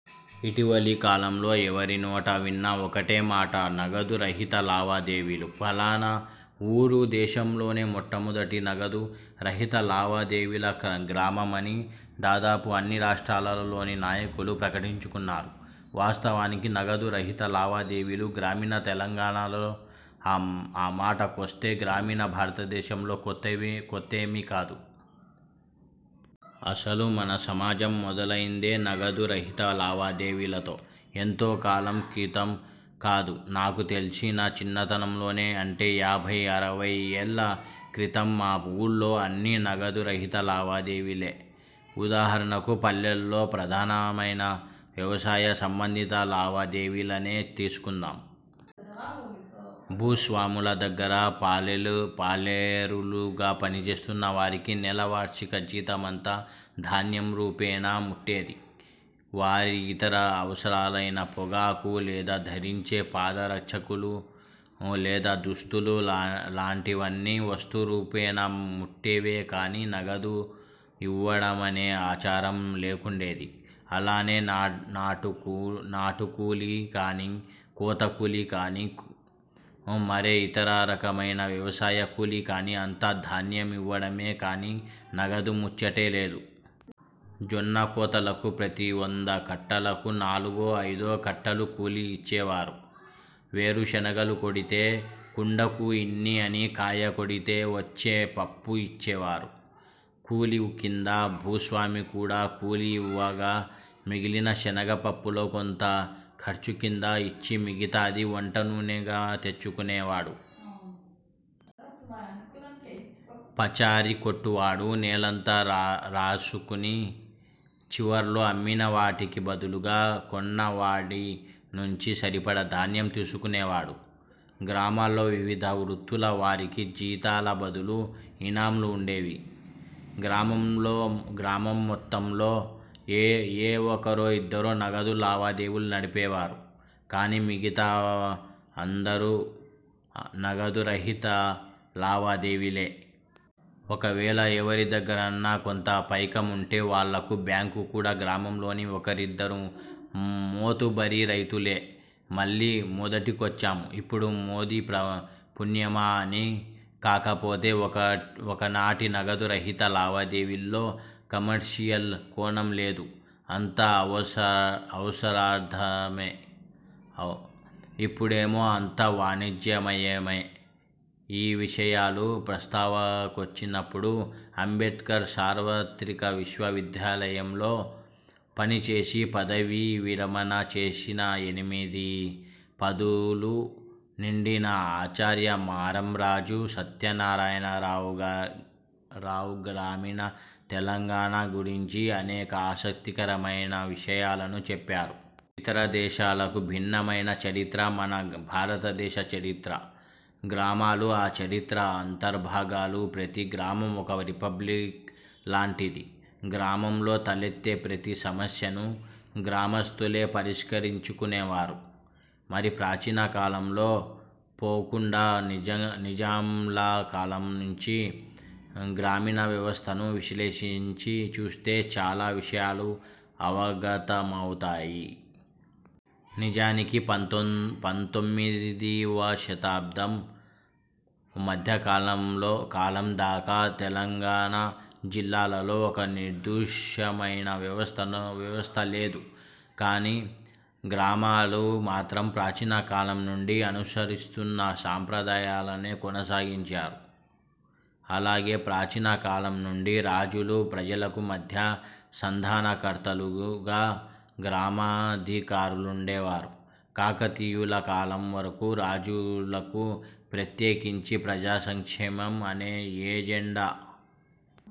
ఇటీవలి కాలంలో ఎవరి నోట విన్నా ఒకటే మాట''నగదు రహిత లావాదేవీలు''. ఫలానా వూరు దేశంలోనే మొట్టమొదటి నగదు రహిత లావాదేవీల గ్రామమని దాదాపు అన్ని రాష్ట్రాలలోని నాయకులు ప్రకటించుకున్నారు. వాస్తవానికి నగదు రహిత లావాదేవీలు గ్రామీణ తెలంగాణాలో, ఆ మాటకొస్తే, గ్రామీణ భారతదేశంలో కొత్తేమీ కాదు. అసలు మన సమాజం మొదలైందే నగదు రహిత లావాదేవీలతో. ఎంతో కాలం క్రితం కాదు నాకు తెలిసి నా చిన్నతనంలో, అంటే యాభై అరవై ఏళ్ల క్రితం మా వూళ్లో అన్నీ నగదు రహిత లావాదేవీలే. ఉదాహరణకు పల్లెల్లో ప్రధానమైన వ్యవసాయ సంబంధిత లావాదేవీలనే తీసుకుందాం. భూస్వాముల దగ్గర పాలేరులుగా పనిచేస్తున్న వారికి నెల-వార్షిక జీతమంతా ధాన్యం రూపేణా ముట్టేది. వారి ఇతర అవసరాలైన పొగాకు, లేదా ధరించే పాద రక్షలు, లేదా దుస్తులు లాంటివన్నీ వస్తు రూపేణా ముట్టేవే కానీ నగదు ఇవ్వడమనే ఆచారం లేకుండేది. అలానే నా నాటు నాటు కూలీ కాని, కోత కూలీ కాని, మరే ఇతర రకమైన వ్యవసాయ కూలీ కాని అంతా ధాన్యం ఇవ్వడమే కానీ నగదు ముచ్చటే లేదు. జొన్న కోతలకు ప్రతి వంద కట్టలకు నాలుగో- ఐదో కట్టలు కూలీ ఇచ్చేవారు. వేరు శనగలు కొడితే కుండకు ఇన్ని అని కాయ కొడితే వచ్చే పప్పు ఇచ్చే వారు కూలీ కింద. భూస్వామి కూడా కూలీ ఇవ్వగా మిగిలిన శనగ పప్పులో కొంత ఖర్చు కింద ఇచ్చి మిగతాది వంట నూనెగా తెచ్చుకునేవాడు. పచారి కొట్టువాడు నెలంతా రాసుకుని చివర్లో అమ్మిన వాటికి బదులుగా కొన్న వాడి నుంచి సరిపడా ధాన్యం తీసుకునేవాడు. గ్రామాల్లో వివిధ వృత్తుల వారికి జీతాల బదులు ఇనాంలు వుండేవి. గ్రామంలో గ్రామం మొత్తంలో ఏ ఒకరో ఇద్దరో నగదు లావాదేవీలు నడిపేవారు కానీ మిగతా అందరూ నగదు రహిత లావాదేవీలే. ఒకవేళ ఎవరి దగ్గరన్నా కొంత పైకం వుంటే వాళ్లకు బ్యాంకు కూడా గ్రామంలోని ఒకరిద్దరు మోతుబరి రైతులే. మళ్లీ మొదటికొచ్చాం ఇప్పుడు మోదీ పుణ్యమా అని. కాకపోతే ఒకనాటి నగదు రహిత లావాదేవీల్లో ''కమర్షియల్'' కోణం లేదు అంతా అవసరార్థమే! ఇప్పుడేమో అంతా వాణిజ్యమయమే! ఈ విషయాలు ప్రస్తావనకొచ్చినప్పుడు, అంబేడ్కర్ సార్వత్రిక విశ్వవిద్యాలయంలో పనిచేసి పదవీ విరమణ చేసిన ఎనిమిది పదులు నిండిన ఆచార్య మారంరాజు సత్యనారాయణ రావు గ్రామీణ తెలంగాణ గురించి అనేక ఆసక్తికరమైన విషయాలను చెప్పారు. ఇతర దేశాలకు భిన్నమైన చరిత్ర మన భారతదేశ చరిత్ర. గ్రామాలు ఆ చరిత్ర అంతర్భాగాలు. ప్రతీ గ్రామం ఒక ''రిపబ్లిక్'' లాంటిది. గ్రామంలో తలెత్తే ప్రతి సమస్యనూ గ్రామస్తులే పరిష్కరించుకునేవారు. మరీ ప్రాచీన కాలంలోకి పోకుండా నిజాంల కాలం నుంచి గ్రామీణ వ్యవస్థను విశ్లేషించి చూస్తే చాలా విషయాలు అవగతమౌతాయి. నిజానికి పంతొమ్మిదివ శతాబ్దం మధ్యకాలం దాకా తెలంగాణ జిల్లాలలో ఒక నిర్దుష్టమైన వ్యవస్థ లేదు కాని, గ్రామాలు మాత్రం ప్రాచీన కాలం నుండి అనుసరిస్తున్న సాంప్రదాయాలనే కొనసాగించారు. అలాగే ప్రాచీన కాలం నుండి రాజులకు, ప్రజలకు మధ్య సంధానకర్తలుగా గ్రామాధికారులుండేవారు. కాకతీయుల కాలం వరకూ రాజులకు ప్రత్యేకించి ప్రజాసంక్షేమం అనే ఎజెండా